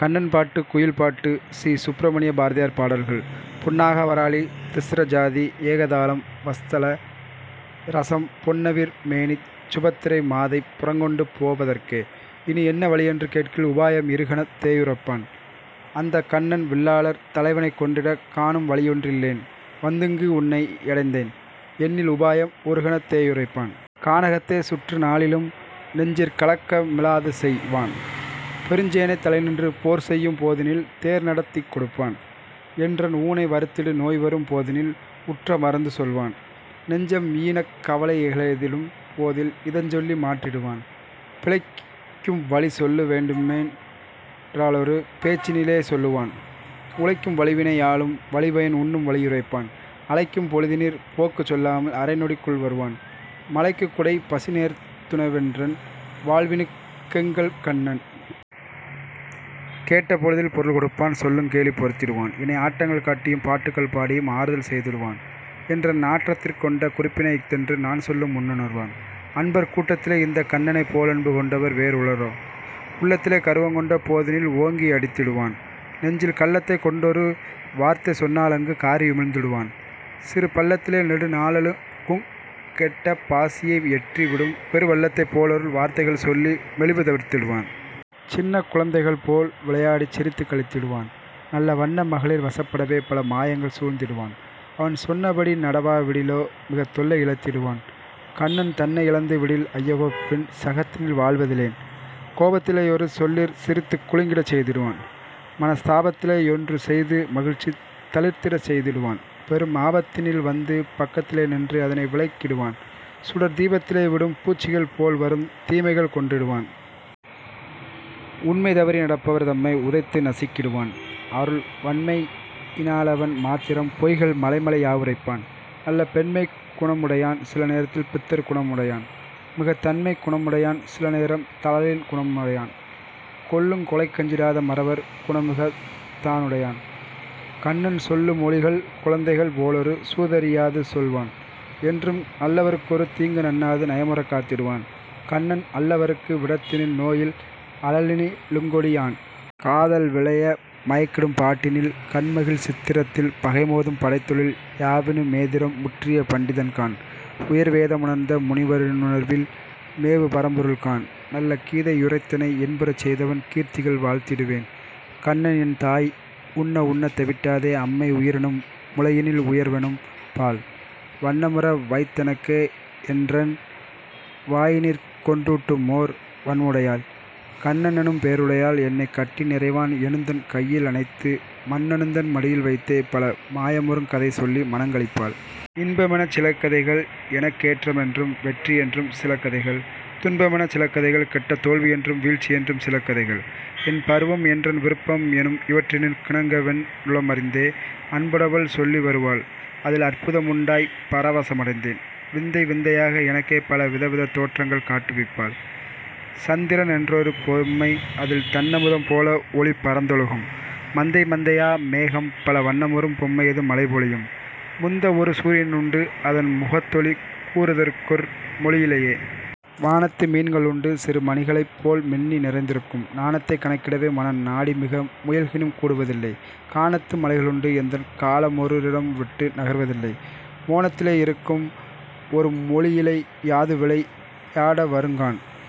கண்ணன் பாட்டு, குயில் பாட்டு சி. சுப்ரமணிய பாரதியார் பாடல்கள் புன்னாகவராளி திஸ்ரஜாதி ஏகதாளம் வத்ஸல ரசம் பொன்னவிர் மேனிச் சுபத்திரை மாதைப் புறங்கொண்டு போவ தற்கே இனி என்ன வழியென்று கேட்கில், உபாயம் இருகணத் தேயுரைப் பான்; அந்தக் ''கன்னன் வில்லாளர் தலைவனைக் கொன்றிடக் காணும் வழியொன் றில்லேன் வந்திங்கு உன்னை யடைந்தேன்'' என்னில் உபாயம் ஒருகணத் தேயுரைப் பான். கானகத்தே சுற்று நாளிலும் நெஞ்சிற் கலக்க மிலாதுசெய் வான்; பெருஞ் சேனைத் தலைநின்று போர்செய்யும் போதினில் தேர்நடத் திக்கொடுப் பான்; என்றன் ஊனை வருத்திடு நோய்வரும் போதினில் உற்ற மருந்துசொல் வான்; நெஞ்சம் ஈனக் கவலைக ளெய்திடும் போதில் இதஞ்சொல்லி மாற்றிடு வான். பிழைக்கும் வழிசொல்ல வேண்டுமென் றாலொரு பேச்சினி லேசொல்லுவான்; உழைக்கும் வழிவினை யாளும் வழிபயன் உண்ணும் வழியுரைப் பான்; அழைக்கும் பொழுதினிற் போக்குச் சொல்லாமல் அரைநொடிக் குள்வருவான்; மழைக்குக் குடை, பசிநேரத் துணவென்றன் வாழ்வினுக் கெங்கள்கண் ணன். கேட்டபொழுதில் பொருள் கொடுப்பான்; சொல்லுங் கேலி பொறுத்திடு வான்; எனை ஆட்டங்கள் காட்டியும் பாட்டுக்கள் பாடியும் ஆறுதல் செய்திடுவான்; என்றன் நாட்டத்திற் கொண்ட குறிப்பினை இஃதென்று நான்சொல்லும் முன்னுணர் வான்; அன்பர் கூட்டத்தி லேயிந்தக் கண்ணனைப் போலன்பு கொண்டவர் வேறுள ரோ? உள்ளத்தி லேகரு வங்கொண்ட போதினில் ஓங்கி யடித் திடுவான்; நெஞ்சில் கள்ளத்தைக் கொண்டொரு வார்த்தைசொன் னாலங்கு காறி யுமிழ்ந்திடு வான்; சிறு பள்ளத்தி லேநெடு நாளழு குங்கெட்ட பாசியை யெற்றி விடும் பெரு வெள்ளத்தைப் போலருள் வார்த்தைகள் சொல்லி மெலிவு தவிர்த்திடு வான். சின்னக் குழந்தைகள் போல்விளை யாடிச் சிரித்துக் களித்திடு வான்; நல்ல வன்ன மகளிர் வசப்பட வேபல மாயங்கள் சூழ்ந்திடு வான்; அவன் சொன்ன படிநட வாவிடி லோமிகத் தொல்லை யிழைத்திடு வான்; கண்ணன் தன்னை யிழந்து விடில், ஐயகோ! பின் சகத்தினில் வாழ்வதி லேன். கோபத்தி லேயொரு சொல்லிற் சிரித்துக் குலுங்கிடச் செய்திடு வான்; மனஸ் தாபத்திலே யொன்று செய்து மகிழ்ச்சி தளிர்த்திடச் செய்திடுவான்; பெரும் ஆபத்தி னில்வந்து பக்கத்தி லேநின்று அதனை விலக்கிடு வான்; சுடர்த் தீபத்தி லேவிடும் பூச்சிகள் போல்வருந் தீமைகள் கொன்றிடு வான். உண்மை தவறி நடப்பவர் தம்மை உதைத்து நசுக்கிடுவான்; அருள் வண்மையி னாலவன் மாத்திரம் பொய்கள் மலைமலை யாவுரைப் பான்; நல்ல பெண்மைக் குணமுடை யான்; சில நேரத்தில் பித்தர் குணமுடை யான்; மிகத் தண்மைக் குணமுடை யான்; சில நேரம் தழலின் குணமுடை யான். கொல்லுங் கொலைக்கஞ்சி டாத மறவர் குணமிகத் தானுடை யான்; கண்ணன் சொல்லு மொழிகள் குழந்தைகள்; போலொரு சூதறி யாதுசொல் வான்; என்றும் நல்லவ ருக்கொரு தீங்கு நண்ணாது நயமுறக் காத்திடு வான்; கண்ணன் அல்லவ ருக்கு விடத்தினில் நோயில் அழலினி லுங்கொடி யான். காதல் விளைய மயக்கிடும் பாட்டினில் கண்மகிழ் சித்திரத் தில் பகை மோதும் படைத்தொழில் யாவினு மேதிறம் முற்றிய பண்டிதன் காண்; உயர் வேத முணர்ந்த முனிவ ருணர்வினில் மேவு பரம்பொருள் காண்; நல்ல கீதை யுரைத்தெனை இன்புறச் செய்தவன் கீர்த்திகள் வாழ்த்திடு வேன்.. கண்ணன் என் தாய் உண்ண உண்ணத் தெவிட்டாதே அம்மை உயிரெனும் முலையினில் உயர்வெனும் பால்; வண்ணமுற வைத்தெனக் கே என்றன் வாயினிற்கொண் டூட்டுமோர் வண்மையுடையாள், கண்ணனெனும் பெயருடையாள், என்னை கட்டிநிறை வான் எனுந்தன் கையி லணைத்து மண்ணெனுந்தன் மடியில்வைத்தே பல மாயமுறுங் கதைசொல்லி மனங்களிப் பாள். இன்பமெனச் சிலகதைகள் எனக் கேற்றமென்றும் வெற்றி யென்றும் சில கதைகள் துன்பமெனச் சில கதைகள் கெட்ட தோல்வியென்றும் வீழ்ச்சியென்றும் சில கதைகள் என்பருவம் என்றன் விருப்பம் எனும் இவற்றினுக் கிணங்கவென் னுளமறிந்தே அன்பொடவள் சொல்லிவரு வாள்; அதில் அற்புதமுண் டாய்ப்பர வசமடைவேன். விந்தைவிந்தை யாக எனக்கே பல விதவிதத் தோற்றங்கள் காட்டுவிப் பாள்; சந்திரனென் றொரு பொம்மை அதில் தண்ணமுதம் போலஒளி பரந்தொழுகும்; மந்தை மந்தையா மேகம் பல வண்ணமுறும் பொம்மையது மழைபொழியும்; முந்தஒரு சூரியனுண்டு அதன் முகத் தொளி கூறுதற்கொர் மொழியிலை யே. வானத்து மீன்க ளுண்டு சிறு மணிகளைப் போல்மின்னி நிறைந்திருக்கும்; நானத்தைக் கணக்கிடவே மனம் நாடிமிக முயல்கினும் கூடுவதில்லை; கானத்து மலைக ளுண்டு எந்தக் காலமுமொ ரிடம்விட்டு நகர்வதில்லை; மோனத்தி லேயிருக்கும் ஒரு மொழியுலை யாதுவிளை யாடவருங் காண்.